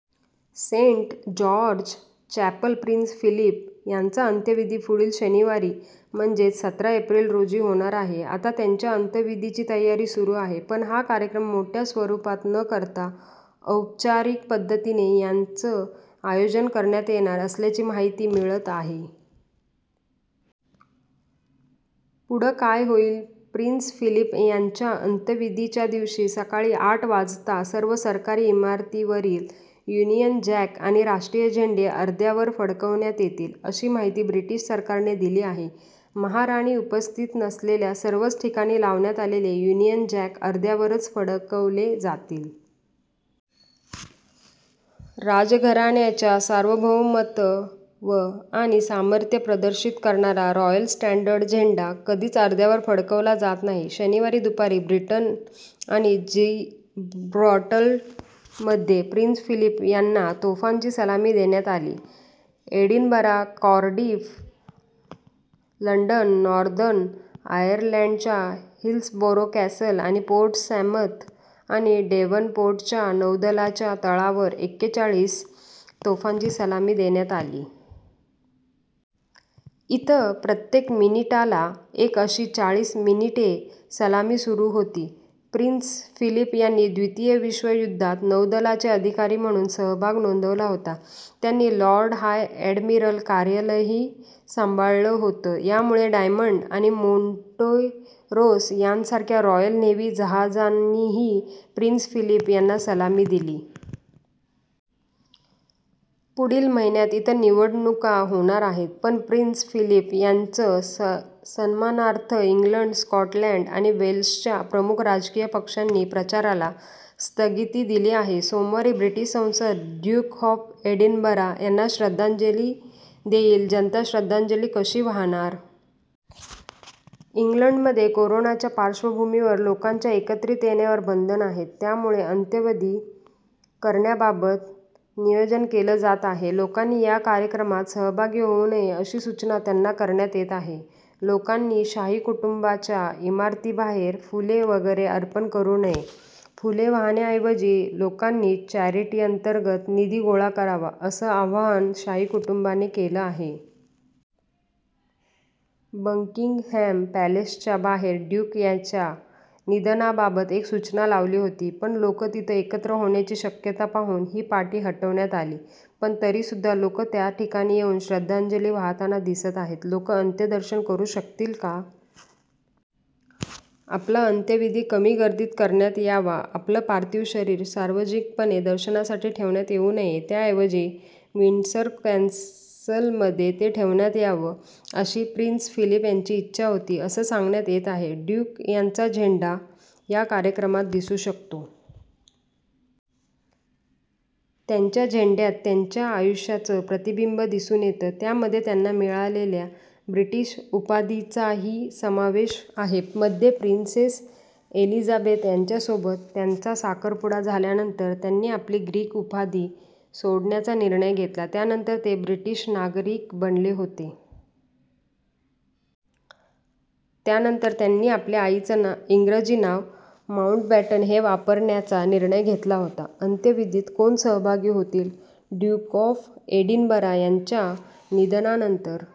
Saint George Chapel Prince Philip यांचा अंत्यविधी पुढील शनिवारी म्हणजेच सतरा एप्रिल रोजी होणार आहे. आता त्यांच्या अंत्यविधीची तयारी सुरू आहे. पण हा कार्यक्रम मोठ्या स्वरुपात न करता औपचारिक पद्धतीने याचं आयोजन करण्यात येणार असल्याची माहिती मिळत आहे. पुढं काय होईल? प्रिन्स फिलीप यांच्या अंत्यविधीच्या दिवशी सकाळी आठ वाजता सर्व सरकारी इमारतींवरील युनियन जॅक आणि राष्ट्रीय झेंडे अर्ध्यावर फडकवण्यात येतील, अशी माहिती ब्रिटिश सरकारने दिली आहे. महाराणी उपस्थित नसलेल्या सर्वच ठिकाणी लावण्यात आलेले युनियन जॅक अर्ध्यावरच फडकवले जातील. राजघराण्याच्या सार्वभौमत्व आणि सामर्थ्य प्रदर्शित करणारा रॉयल स्टँडर्ड झेंडा कधीच अर्ध्यावर फडकवला जात नाही. शनिवारी दुपारी ब्रिटन आणि जिब्राल्टरमध्ये प्रिन्स फिलीप यांना तोफांची सलामी देण्यात आली. एडिनबरा, कार्डिफ, लंडन, नॉर्दर्न आयरलँडच्या हिल्सबोरो कॅसल आणि पोर्ट्समॅथ आणि डेव्हनपोर्टच्या नौदलाच्या तळावर एकेचाळीस तोफांची सलामी देण्यात आली. इथं प्रत्येक मिनिटाला एक अशी चाळीस मिनिटे सलामी सुरू होती. प्रिन्स फिलीप यांनी द्वितीय विश्व युद्धात नौदलाचे अधिकारी म्हणून सहभाग नोंदवला होता. त्यांनी लॉर्ड हाय एडमिरल कार्यालयही सांभाळलं होतं. यामुळे डायमंड आणि मोंटेरोस यांसारख्या रॉयल नेव्ही जहाजांनीही प्रिन्स फिलीप यांना सलामी दिली. पुढील महिन्यात इथं निवडणुका होणार आहेत. पण प्रिन्स फिलीप यांच्य सन्मानार्थ इंग्लंड, स्कॉटलँड आणि वेल्सच्या प्रमुख राजकीय पक्षांनी प्रचाराला स्थगिती दिली आहे. सोमवारी ब्रिटिश संसद ड्यूक ऑफ एडिनबरा यांना श्रद्धांजली देईल. जनता श्रद्धांजली कशी वाहणार? इंग्लंडमध्ये कोरोनाच्या पार्श्वभूमीवर लोकांच्या एकत्रित येण्यावर बंधनं आहेत. त्यमुळे अंत्यविधी करण्याबाबत नियोजन केलं जात आहे. लोकांनी या कार्यक्रमात सहभागी होऊ नये, अशी सूचना त्यांना करण्यात येत आहे. लोकांनी शाही कुटुंबाच्या इमारतींबाहेर फुले वगैरे अर्पण करू नये, फुले वाहण्याऐवजी लोकांनी चॅरिटीअंतर्गत निधी गोळा करावा, असं आवाहन शाही कुटुंबाने केलं आहे. बकिंगहॅम पॅलेसच्या बाहेर ड्यूक यांच्या निधनाबाबत एक सूचना लावली होती. पण लोक तिथं एकत्र होण्याची शक्यता पाहून ही पाटी हटवण्यात आली. पण तरीसुद्धा लोक त्याठिकाणी येऊन श्रद्धांजली वाहताना दिसत आहेत. लोक अंत्यदर्शन करू शकतील का? आपला अंत्यविधी कमी गर्दीत करण्यात यावा. आपलं पार्थिव शरीर सार्वजनिकपणे दर्शनासाठी ठेवण्यात येऊ नये. त्याऐवजी विंडसर कॅसलमध्ये ते ठेवण्यात यावं, अशी प्रिन्स फिलीप यांची इच्छा होती, असं सांगण्यात येत आहे. ड्यूक यांचा झेंडा या कार्यक्रमात दिसू शकतो. त्यांच्या झेंड्यात त्यांच्या आयुष्याचं प्रतिबिंब दिसून येतं. त्यामध्ये त्यांना मिळालेल्या ब्रिटिश उपाधीचाही समावेश आहे. मध्ये प्रिन्सेस एलिझाबेथ यांच्यासोबत त्यांचा साखरपुडा झाल्यानंतर त्यांनी आपली ग्रीक उपाधी सोडण्याचा निर्णय घेतला. त्यानंतर ते ब्रिटिश नागरिक बनले होते. त्यानंतर त्यांनी आपल्या आईचं इंग्रजी नाव माऊंटबॅटन हे वापरण्याचा निर्णय घेतला होता. अंत्यविधीत कोण सहभागी होतील? ड्यूक ऑफ एडिनबरा यांच्या निधनानंतर